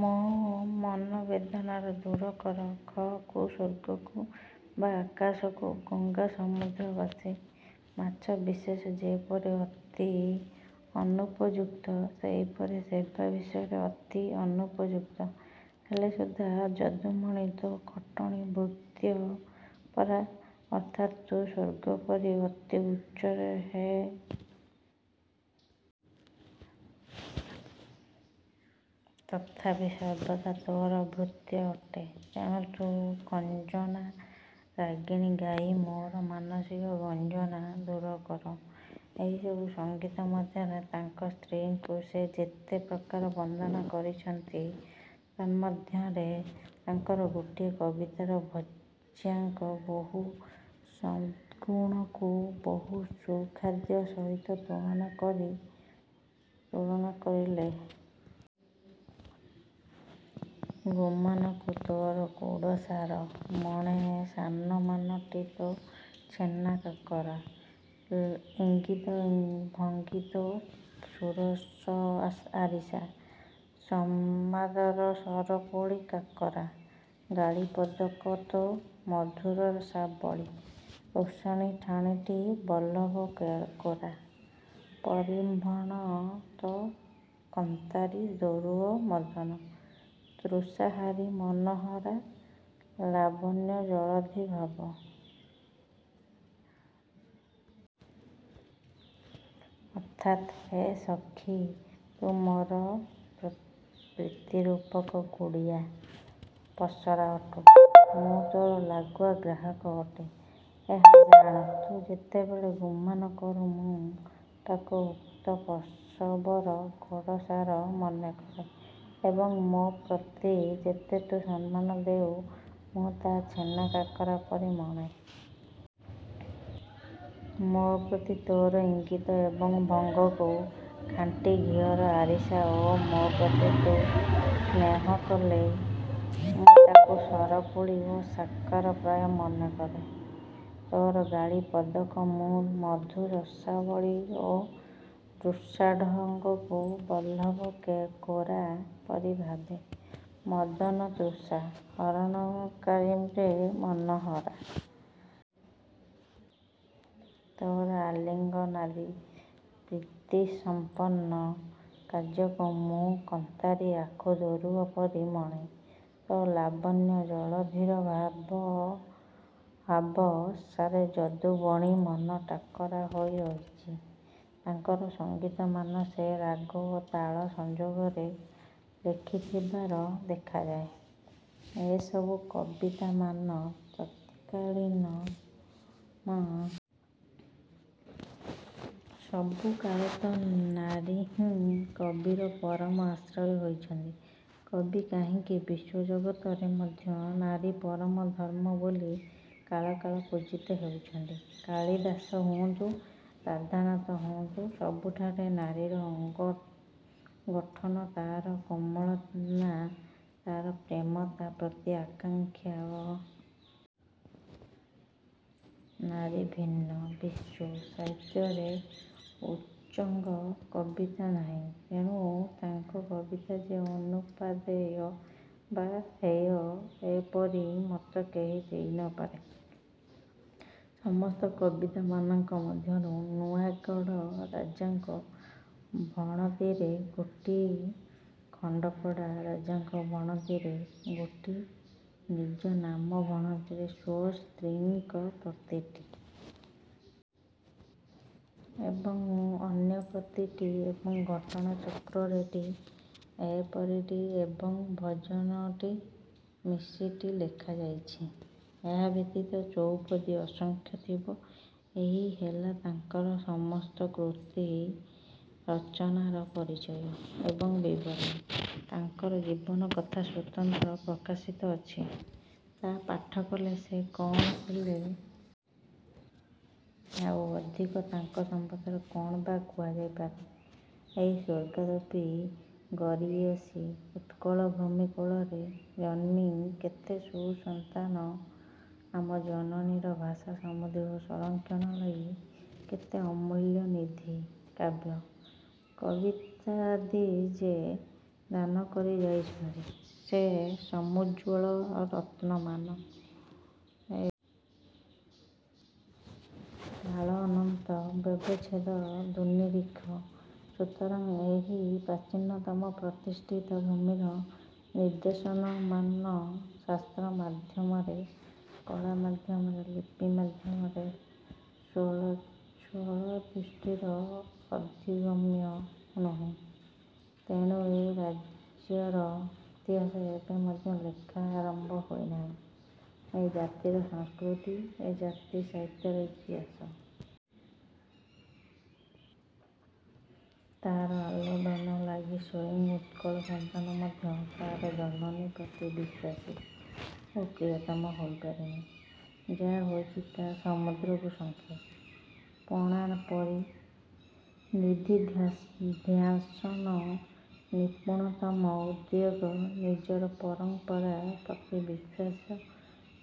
ମୋ ମନୋବେଦନା ଦୂରକର। 'ଖ' କୁ-ସ୍ୱର୍ଗକୁ-ବା ଆକାଶକୁ, ଗଙ୍ଗା-ସମୁଦ୍ରବାସୀ ମାଛ ବିଶେଷ ଯେପରି ଅତି ଅନୁପଯୁକ୍ତ, ସେହିପରି ସେବା ବିଷୟରେ ଅତି ଅନୁପଯୁକ୍ତ ହେଲେ ସୁଦ୍ଧା ଯଦୁମଣି ତୋ ଖଟଣୀ-ଭୃତ୍ୟ ପରା? ଅର୍ଥାତ ତୁ ସ୍ୱର୍ଗପରି ଅତି ଉଚ୍ଚରେ ହେଲେ ମୁଁ ସମୁଦ୍ରବାସୀ ଜୀବପରି ଅତି ନିମ୍ନରେ। ତଥାପି ସର୍ବଦା ତୋର ଭୃତ୍ୟ ଅଟେ। ତେଣୁ ତୁ ଖଞ୍ଜନା ରାଗିଣୀ ଗାଇ ମୋର ମାନସିକ ଗଞ୍ଜନା ଦୂରକର। ଏହିସବୁ ସଙ୍ଗୀତ ମଧ୍ୟରେ ତାଙ୍କ ସ୍ତ୍ରୀଙ୍କୁ ସେ ଯେତେ ପ୍ରକାର ବନ୍ଦନା କରିଛନ୍ତି, ତନ୍ମଧ୍ୟରେ ତାଙ୍କର ଗୋଟିଏ କବିତାରେ ଭର୍ଯ୍ୟାଙ୍କ ବହୁ ସଦ୍ଗୁଣକୁ ବହୁ ସୁଖାଦ୍ୟ ସହିତ ତୁଳନା କରି ଲେଖିଛନ୍ତ ତୁ ମୋ ପ୍ରୀତି ମୋଦକୀ ପସରାରେ ମୁଁ ତୋ ଲାଗୁଆ ଗ୍ରାହକ ପରା। ଗୁମାନକୁ ତୋର ଗୁଡ଼ସାର ମଣେ ସନମାନଟି ତୋ ଛେନା କାକରା। ଇଙ୍ଗିତ ଭଙ୍ଗିତୋ ସୁରସ ଆରିସା ସମାଦର ସରପୁଳି କାକରା। ଗାଳି ପଦକ ତୋ ମଧୁରସାବଳୀ ରୁଷାଣି ଠାଣିଟି ବଲ୍ଲଭ କୋରା। ପରିରମ୍ଭଣ ତୋ କନ୍ତାରି ଦୋରୁଅ ମଦନ ତୃଷାହାରୀ ମନୋହରା। ଲାବଣ୍ୟ ଜଳଧି ଭାବହାବ ଲାଭ ଆଶେ ଯଦୁମଣି ମନଟାକରା। ଅର୍ଥାତ୍-ହେ ସଖି! ତୁ ମୋର ପ୍ରୀତିରୂପକ ଗୁଡ଼ିଆ ପସରା ଅଟୁ। ମୁଁ ତୋର ଲାଗୁଆ ଗ୍ରାହକ ଅଟେ-ଏହା ଜାଣ। ତୁ ଯେତେବେଳ ଗୁମାନ କରୁ ମୁଁ ତାକୁ ଉକ୍ତ ପସବର ଗଡ଼ସାର ମନେକରେ। ଏବଂ ମୋ ପ୍ରତି ଯେତେ ତୁ ସମ୍ମାନ ଦେଉ ମୁଁ ତାହା ଛୋନକାକରା ପରି ମଣେ। ମୋ ପ୍ରତି ତୋର ଇଙ୍ଗିତ ଏବଂ ଭଙ୍ଗକୁ ଖାଣ୍ଟିଘିଅର ଆରିସା ଓ ମୋ ପ୍ରତି ତୁ ସ୍ନେହକଲେ ମୁଁ ତାକୁ ସରପୁଳି ଓ ସାକରା ପ୍ରାୟ ମନେକରେ। ତୋର ଗାଳି−ପଦକ ମୁଁ ମଧୁ ରସାବଳୀ ଓ ରୁଷାଢଙ୍ଗକୁ ବଲ୍ଲଭ କୋରା ପରି ଭାବେ। ମଦନତୃଷା ହରଣକାରିରେ ମନୋହରା! ତୋର ଆଲିଙ୍ଗନାଦି ପ୍ରୀତିସଂପନ୍ନ କାର୍ଯ୍ୟକୁ ମୁଁ କନ୍ତାରି ଆଖୁଦୋରୁଅ ପରି ମଣେ। ତୋ ଲାବଣ୍ୟ ଜଳଧିର ଭାବହାବ ଆଶାରେ ଯଦୁବଣି ମନ ଟାକରା ହୋଇ ରହିଛି। ତାଙ୍କର ସଂଗୀତମାନ ସେ ରାଗ ଓ ତାଳ ସଂଯୋଗରେ ଲେଖି ଥିବାର ଦେଖାଯାଏ। ଏସବୁ କବିତାମାନ ତତ୍କାଳୀନ ମନୋବୃତ୍ତି ଉପରେ ନାରୀପ୍ରତି ଆକାଙ୍କ୍ଷା ରଖି ଅବଶ୍ୟ ଲେଖାଯାଇଛି। ସବୁକାଳେତ ନାରୀହିଁ କବିର ପରମ ଆଶ୍ରୟ ହୋଇଛନ୍ତି। କବି କାହିଁକି ବିଶ୍ୱଜଗତରେ ମଧ୍ୟ ନାରୀ ପରମ ଧର୍ମ୍ମ ବୋଲି କାଳ କାଳ ପୂଜିତ ହେଉଛନ୍ତି। କାଳୀଦାସ ହୁଅନ୍ତୁ, ରାଧାନାଥ ହୁଅନ୍ତୁ, ସବୁଠାରେ ନାରୀର ଅଙ୍ଗଗଠନ, ତାର କୋମଳନା, ତାର ପ୍ରେମ, ତା ପ୍ରତି ଆକାଙ୍କ୍ଷା ବର୍ଣ୍ଣିତ ହୋଇଅଛି। ନାରୀଭିନ୍ନ ବିଶ୍ୱ−ସାହିତ୍ୟରେ ଉଚ୍ଚଙ୍ଗ କବିତା ନାହିଁ। ତେଣୁ ତାଙ୍କ କବିତା ଯେ ଅନୁପାଦେୟ ବା ହେୟ ଏପରି ମତ କେହି ଦେଇ ନ ପାରେ। ସମସ୍ତ କବିତାମାନଙ୍କ ମଧ୍ୟରୁ ନୂଆଁଗଡ଼ ରାଜାଙ୍କ ଭଣତିରେ ଗୋଟି, ଖଣ୍ଡପଡ଼ା ରାଜାଙ୍କ ଭଣତିରେ ଗୋଟି, ନିଜନାମ ଭଣତିରେ ସ୍ୱ ସ୍ତ୍ରୀଙ୍କ ପ୍ରତି ଟି। ଏବଂ ଅନ୍ୟପ୍ରତି ଟି ଏବଂ ଘଟଣା ଚକ୍ରରେ ଟି ଏପରି ଟି ଏବଂ ଭଜନ ଟି ମିଶି ଟି ଲେଖାଯାଇଛି। ଏହା ବ୍ୟତୀତ ଚଉପଦୀ ଅସଂଖ୍ୟ ଥିବ। ଏହି ହେଲା ତାଙ୍କର ସମସ୍ତକୃତୀ ରଚନାର ପରିଚୟ ଏବଂ ବିବରଣ। ତାଙ୍କର ଜୀବନ କଥା ସ୍ୱତନ୍ତ୍ର ପ୍ରକାଶିତ ଅଛି, ତାହା ପାଠକଲେ ସେ କଣ ଥିଲେ, ନ ଥିଲେ ତାହା ସମସ୍ତେ ଜାଣିପାରିବେ। ଆଉ ଅଧିକ ତାଙ୍କ ସମ୍ବନ୍ଧରେ କଣ ବା କୁହାଯାଇପାରେ? ଏହି ସ୍ୱର୍ଗାଦପି ଗରୀୟସୀ ଉତ୍କଳ ଭୂମି କୋଳରେ ଜନ୍ମି କେତେ ସୁସନ୍ତାନ ଆମ ଜନନୀର ଭାଷା ସମୃଦ୍ଧି ଓ ସଂରକ୍ଷଣ ଲାଗି କେତେ ଅମୂଲ୍ୟନିଧି କାବ୍ୟ କବିତାଦି ଯେ ଦାନକରି ଯାଇଛନ୍ତି, ସେ ସମୂଜ୍ଜ୍ୱଳ ରତ୍ନମାନ ଏବେ ମଧ୍ୟ ଆମେ ଏକତ୍ର ଦେଖିବାର ସୁଯୋଗ ପାଇପାରି ନାହୁଁ। କାଳ ଅନନ୍ତ, ବ୍ୟବଚ୍ଛେଦ ଦୁର୍ନିରୀକ୍ଷ; ସୁତରାଂ ଏହି ପ୍ରାଚୀନତମ ପ୍ରତିଷ୍ଠିତ ଭୂମିର ନିଦର୍ଶନମାନ ଶାସ୍ତ୍ର ମାଧ୍ୟମରେ, କଳା ମାଧ୍ୟମରେ, ଲିପି ମାଧ୍ୟମରେ ସ୍ଥୂଳଦୃଷ୍ଟିର ଅଧିଗମ୍ୟ ନୁହେଁ। ତେଣୁ ଏ ରାଜ୍ୟର ଇତିହାସ ଏବେ ମଧ୍ୟ ଲେଖା ଆରମ୍ଭ ହୋଇନାହିଁ। ଏ ଜାତିର ସଂସ୍କୃତି, ଏ ଜାତି ସାହିତ୍ୟର ଇତିହାସ ଏବେ ମଧ୍ୟ ବିସ୍କୃତଗର୍ଭରେ ଲୁଚି ରହିଛି। ତାର ଆଲୋଡ଼ନ ଲାଗି ସ୍ୱୟଂ ଉତ୍କଳ ସନ୍ତାନ ମଧ୍ୟ ତାର ଜନନୀ ପ୍ରତି ବିଶ୍ୱାସୀ ଓ ପ୍ରୀୟତମ ହୋଇପାରିନି। ଯାହା ହୋଇଚି ତା ସମୁଦ୍ରକୁ ଶଙ୍ଖେ ପଣା ପରି। ନିଦିଧ୍ୟାସନ, ନିପୁଣତମ ଉଦ୍ଯୋଗ, ନିଜର ପରଂପରା ପ୍ରତି ବିଶ୍ୱାସ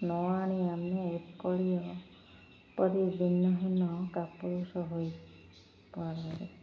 ନ ଆଣି ଆମେ ଉତ୍କଳୀୟ ଏପରି ଦୀନହୀନ କାପୁରୁଷ ହୋଇପଡ଼ିଛୁ।